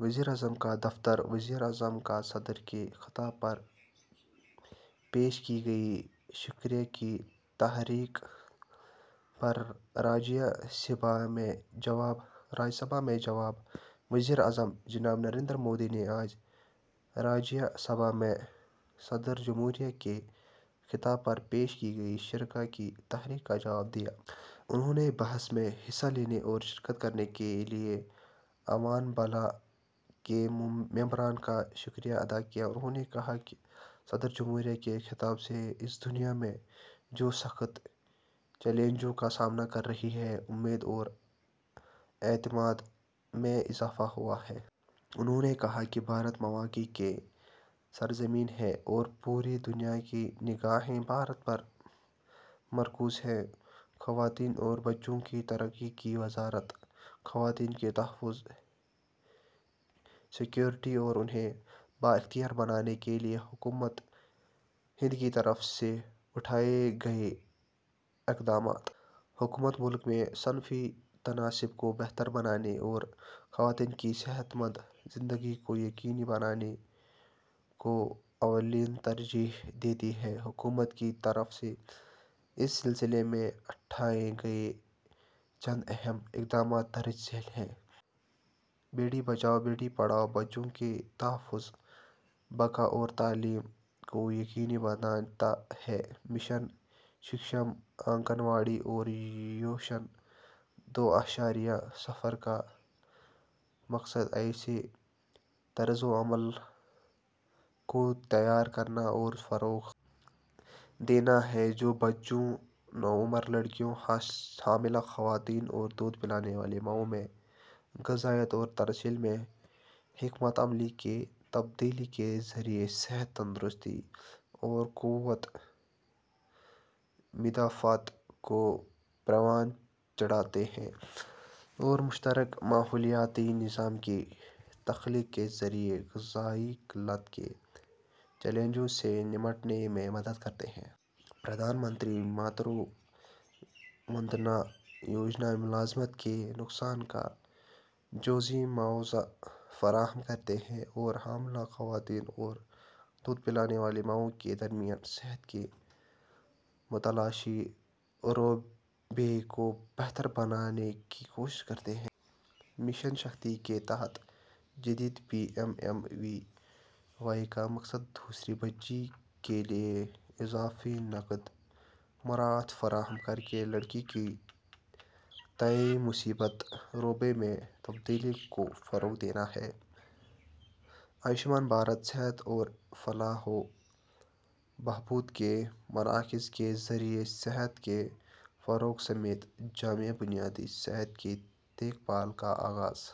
وزیر اعظم کا دفتر: وزیر اعظم کا صدر کے خطاب پر پیش کی گئی شکریہ کی تحریک پر راجیہ سبھا میں جواب۔ وزیر اعظم جناب نریندر مودی نے آج راجیہ سبھا میں صدر جمہوریہ کے خطاب پر پیش کی گئی شکریہ کی تحریک کا جواب دیا۔ انہوں نے بحث میں حصہ لینے اور شرکت کرنے کے لیے ایوان بالا کے ممبران کا شکریہ ادا کیا۔ انہوں نے کہا کہ صدر جمہوریہ کے خطاب سے اس دنیا میں، جو سخت چیلنجوں کا سامنا کر رہی ہے، امید اور اعتماد میں اضافہ ہوا ہے۔ انہوں نے کہا کہ بھارت مواقع کی سرزمین ہے اور پوری دنیا کی نگاہیں بھارت پر مرکوز ہیں۔ خواتین اور بچوں کی ترقی کی وزارت: خواتین کے تحفظ، سکیورٹی اور انہیں بااختیار بنانے کے لیے حکومت ہند کی طرف سے اٹھائے گئے اقدامات۔ حکومت ملک میں صنفی تناسب کو بہتر بنانے اور خواتین کی صحت مند زندگی کو یقینی بنانے کو اولین ترجیح دیتی ہے۔ حکومت کی طرف سے اس سلسلے میں اٹھائے گئے چند اہم اقدامات درج ذیل ہیں۔ بیٹی بچاؤ، بیٹی پڑھاؤ بچیوں کے تحفظ، بقا اور تعلیم کو یقینی بناتا ہے۔ مشن سکشم آنگن واڑی اور پوشن دو اعشاریہ صفر کا مقصد ایسے طرز عمل کو تیار کرنا اور فروغ دینا ہے جو بچوں، نوعمر لڑکیوں، حاملہ خواتین اور دودھ پلانے والی ماؤں میں غذائیت اور ترسیل میں حکمت عملی کی تبدیلی کے ذریعے صحت، تندرستی اور قوت مدافعت کو پروان چڑھاتے ہیں اور مشترک ماحولیاتی نظام کی تخلیق کے ذریعے غذائی قلت کے چیلنجوں سے نمٹنے میں مدد کرتے ہیں۔ پردھان منتری ماترو وندنا یوجنا ملازمت کے نقصان کا جزوی معاوضہ فراہم کرتی ہے اور حاملہ خواتین اور دودھ پلانے والی ماؤں کے درمیان صحت کے متلاشی رویے کو بہتر بنانے کی کوشش کرتی ہے۔ مشن شکتی کے تحت جدید P M M V Y کا مقصد دوسری بچی کے لیے اضافی نقد مراعات فراہم کر کے لڑکی کے تئیں مثبت رویے میں تبدیلی کو فروغ دینا ہے۔ آیوشمان بھارت صحت اور فلاح و بہبود کے مراکز کے ذریعے صحت کے فروغ سمیت جامع بنیادی صحت کی دیکھ بھال کا آغاز۔